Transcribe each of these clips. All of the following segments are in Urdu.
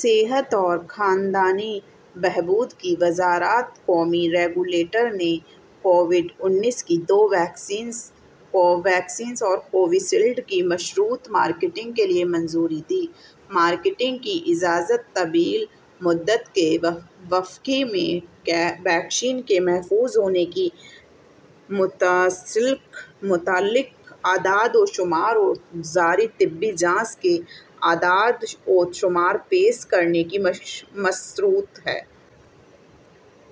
صحت اور خاندانی بہبود کی وزارت قومی ریگولیٹر نے کووڈ انیس کی دو ویکسینز، کو ویکسین اور کووی شیلڈ، کی مشروط مارکیٹنگ کے لیے منظوری دی۔ مارکیٹنگ کی اجازت طویل مدت کے وقفے میں ویکسین کے محفوظ ہونے سے متعلق اعداد و شمار اور جاری طبی جانچ کے اعداد و شمار پیش کرنے سے مشروط ہے۔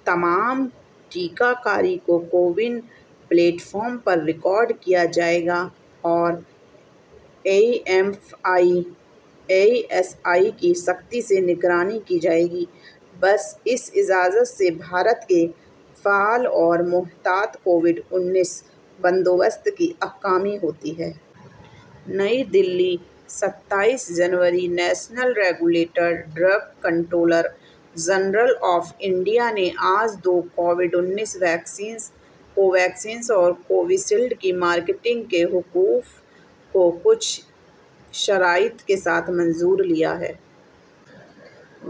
تمام ٹیکہ کاری کو کوون پلیٹ فارم پر ریکارڈ کیا جائے گا اور A E F I, A E S I کی سختی سے نگرانی کی جائے گی۔ اس اجازت سے بھارت کے فعال اور محتاط کووڈ انیس بندوبست کی عکاسی ہوتی ہے۔ نئی دہلی، ستائیس جنوری۔ National regulator, drugs controller general of India نے آج دو کووڈ انیس ویکسینز، کو ویکسین اور کووی شیلڈ، کی مارکیٹنگ کے حقوق کو کچھ شرائط کے ساتھ منظور کر لیا ہے۔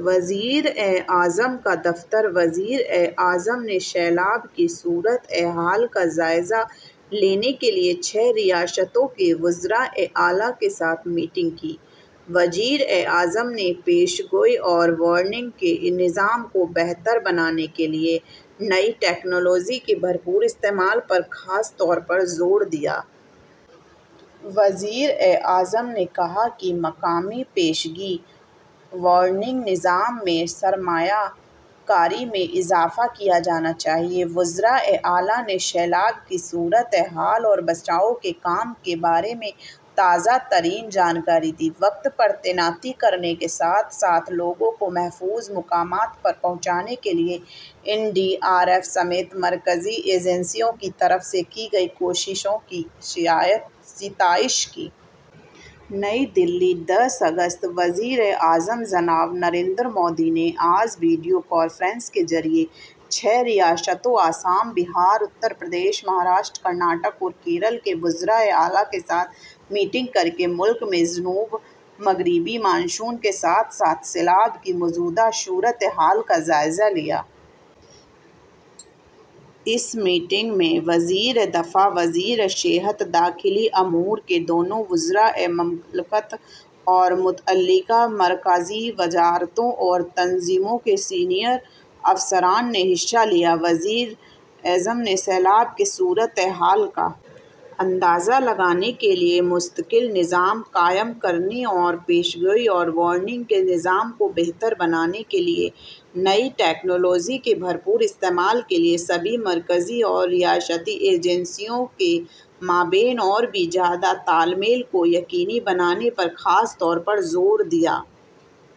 وزیراعظم کا دفتر وزیر اعظم نے سیلاب کی صورت حال کا جائزہ لینے کے لیے چھ ریاستوں کے وزرائے اعلیٰ کے ساتھ میٹنگ کی۔ وزیر اعظم نے پیش گوئی اور وارننگ کے نظام کو بہتر بنانے کے لیے نئی ٹیکنالوجی کے بھرپور استعمال پر خاص طور پر زور دیا۔ وزیر اعظم نے کہا کہ مقامی پیشگی وارننگ نظام میں سرمایہ کاری میں اضافہ کیا جانا چاہیے۔ وزرائے اعلیٰ نے سیلاب کی صورت حال اور بچاؤ کے کام کے بارے میں تازہ ترین جانکاری دی؛ وقت پر تعیناتی کرنے کے ساتھ ساتھ لوگوں کو محفوظ مقامات پر پہنچانے کے لیے این ڈی آر ایف سمیت مرکزی ایجنسیوں کی طرف سے کی گئی کوششوں کی ستائش کی۔ نئی دہلی، دس اگست۔ وزیر اعظم جناب نریندر مودی نے آج ویڈیو کانفرنس کے ذریعے چھ ریاستوں، آسام، بہار، اتر پردیش، مہاراشٹر، کرناٹک اور کیرالہ، کے وزرائے اعلیٰ کے ساتھ میٹنگ کر کے ملک میں جنوب مغربی مانسون کے ساتھ ساتھ سیلاب کی موجودہ صورت حال کا جائزہ لیا۔ اس میٹنگ میں وزیر دفاع، وزیر صحت، داخلی امور کے دونوں وزرائے مملکت اور متعلقہ مرکزی وزارتوں اور تنظیموں کے سینئر افسران نے حصہ لیا۔ وزیر اعظم نے سیلاب کی صورت حال کا اندازہ لگانے کے لیے مستقل نظام قائم کرنے اور پیش گوئی اور وارننگ کے نظام کو بہتر بنانے کے لیے نئی ٹیکنالوجی کے بھرپور استعمال کے لیے سبھی مرکزی اور ریاستی ایجنسیوں کے مابین اور بھی زیادہ تال میل کو یقینی بنانے پر خاص طور پر زور دیا۔